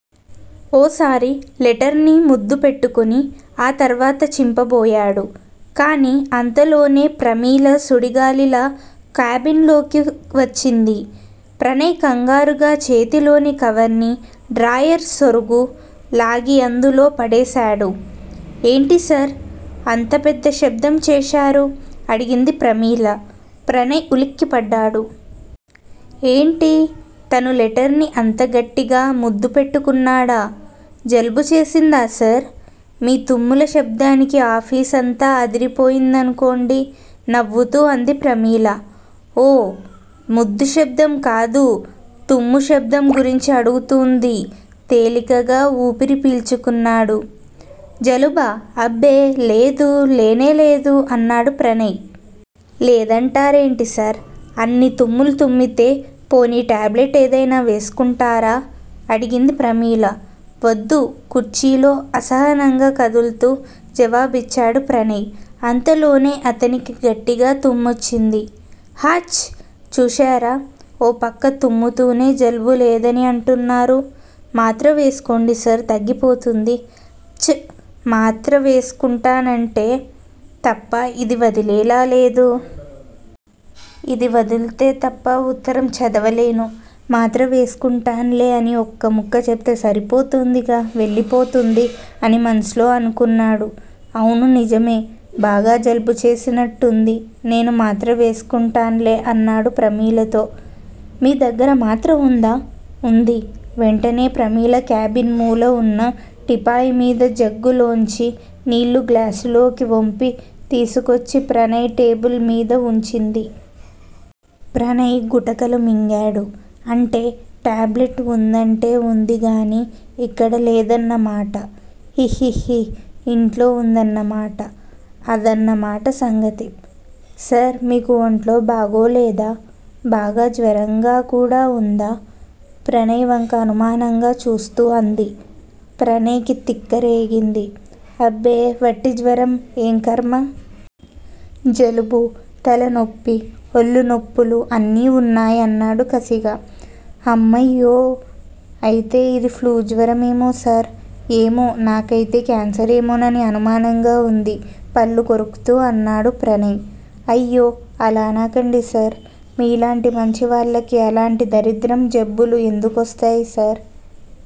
ఓసారి లెటర్ ని ముద్దు పెట్టుకుని ఆ తర్వాత చింపబోయాడు. కానీ అంతలోనే ప్రమీల సుడిగాలిలా కాబిన్ లోకి వచ్చింది. ప్రణయ్ కంగారుగా చేతిలోని కవర్ ని డ్రాయర్ సొరుగు లాగి అందులో పడేసాడు. ఏంటిసార్ అంత పెద్ద శబ్దం చేశారు? అడిగింది ప్రమీల. ప్రణయ్ ఉలిక్కిపడ్డాడు. ఏంటీ? తను లెటర్ ని అంత గట్టిగా ముద్దు పెట్టుకున్నాడా? జలుబు చేసిందా సార్? మీ తుమ్ముల శబ్దానికి ఆఫీసంతా అదిరి పోయిందనుకోండి నవ్వుతూ అంది ప్రమీల. ఓ. ముద్దు శబ్దం కాదు! తుమ్ము శబ్దం గురించి అడుగుతూంది. తేలికగా ఊపిరి పీల్చుకున్నాడు. జలుబా అబ్బే లేదు లేనే లేదు అన్నాడు ప్రణయ్. లేదంటారేంటిసార్. అన్ని తుమ్ములు తుమ్మితే పోనీ టాబ్లెట్ ఏదైనా వేస్కుంటారా? అడిగింది ప్రమీల. వద్దు కుర్చీలో అసహనంగా కదుల్తూ జవాబిచ్చాడు ప్రణయ్ అంతలోనే అతనికి గట్టిగా తుమ్మొచ్చింది. హాచ్! చూశారా? ఓ పక్క తుమ్ముతూనే జలుబు లేదని అంటున్నారు. మాత్ర వేస్కోండి సార్ తగ్గిపోతుంది. 'ప్చ్ మాత్ర వేస్కుంటానంటే తప్ప ఇది వదిలేలా లేదు. ఇది వదుల్తే తప్ప ఉత్తరం చదవలేను. మాత్ర వేస్కుంటాన్లే అని ఒక్క ముక్క చెప్తే సరిపోతుందిగా వెళ్ళిపోతుంది' అని మనసులో అనుకున్నాడు. అవును నిజమే! బాగా జలుబు చేసినట్టుంది నేను మాత్ర వేసుకుంటాన్లే అన్నాడు ప్రమీలతో. మీ దగ్గర మాత్ర వుందా? ఉంది. వెంటనే ప్రమీల క్యాబిన్ మూల వున్నా టీపాయ్ మీది జగ్గులోంచి నీళ్ళు గ్లాసులోకి ఒంపి తీసుకొచ్చి ప్రణయ్ టేబుల్ మీద వుంచింది. ప్రణయ్ గుటకలు మింగాడు. అంటే టాబ్లెట్ వుందంటే వుందిగానీ ఇక్కడ లేదన్నమాట! హి హిహి ఇంట్లో వుందన్నమాట! అదన్నమాట సంగతి. సార్ మీకు ఒంట్లో బాగోలేదా? బాగా జ్వరంగా కూడా వుందా? ప్రణయ్ వంక అనుమానంగా చూస్తూ అంది. ప్రణయ్ కి తిక్క రేగింది. అబ్బే వట్టి జ్వరం ఏం ఖర్మ. జలుబూ, తలనొప్పి, ఒళ్ళు నొప్పులూ అన్నీ వున్నాయి అన్నాడు కసిగా. హమ్మయ్యో అయితే ఇది ఫ్లూజ్వరం ఏమో సార్? ఏమో! నాకైతే క్యాన్సరేమోనని అనుమానంగా వుంది పళ్ళు కొరుకుతూ అన్నాడు ప్రణయ్. అయ్యో! అలా అనకండిసార్! మీలాంటి మంచివాళ్ళకి అలాంటి దరిద్రం జబ్బులు ఎందుకొస్తాయి సార్?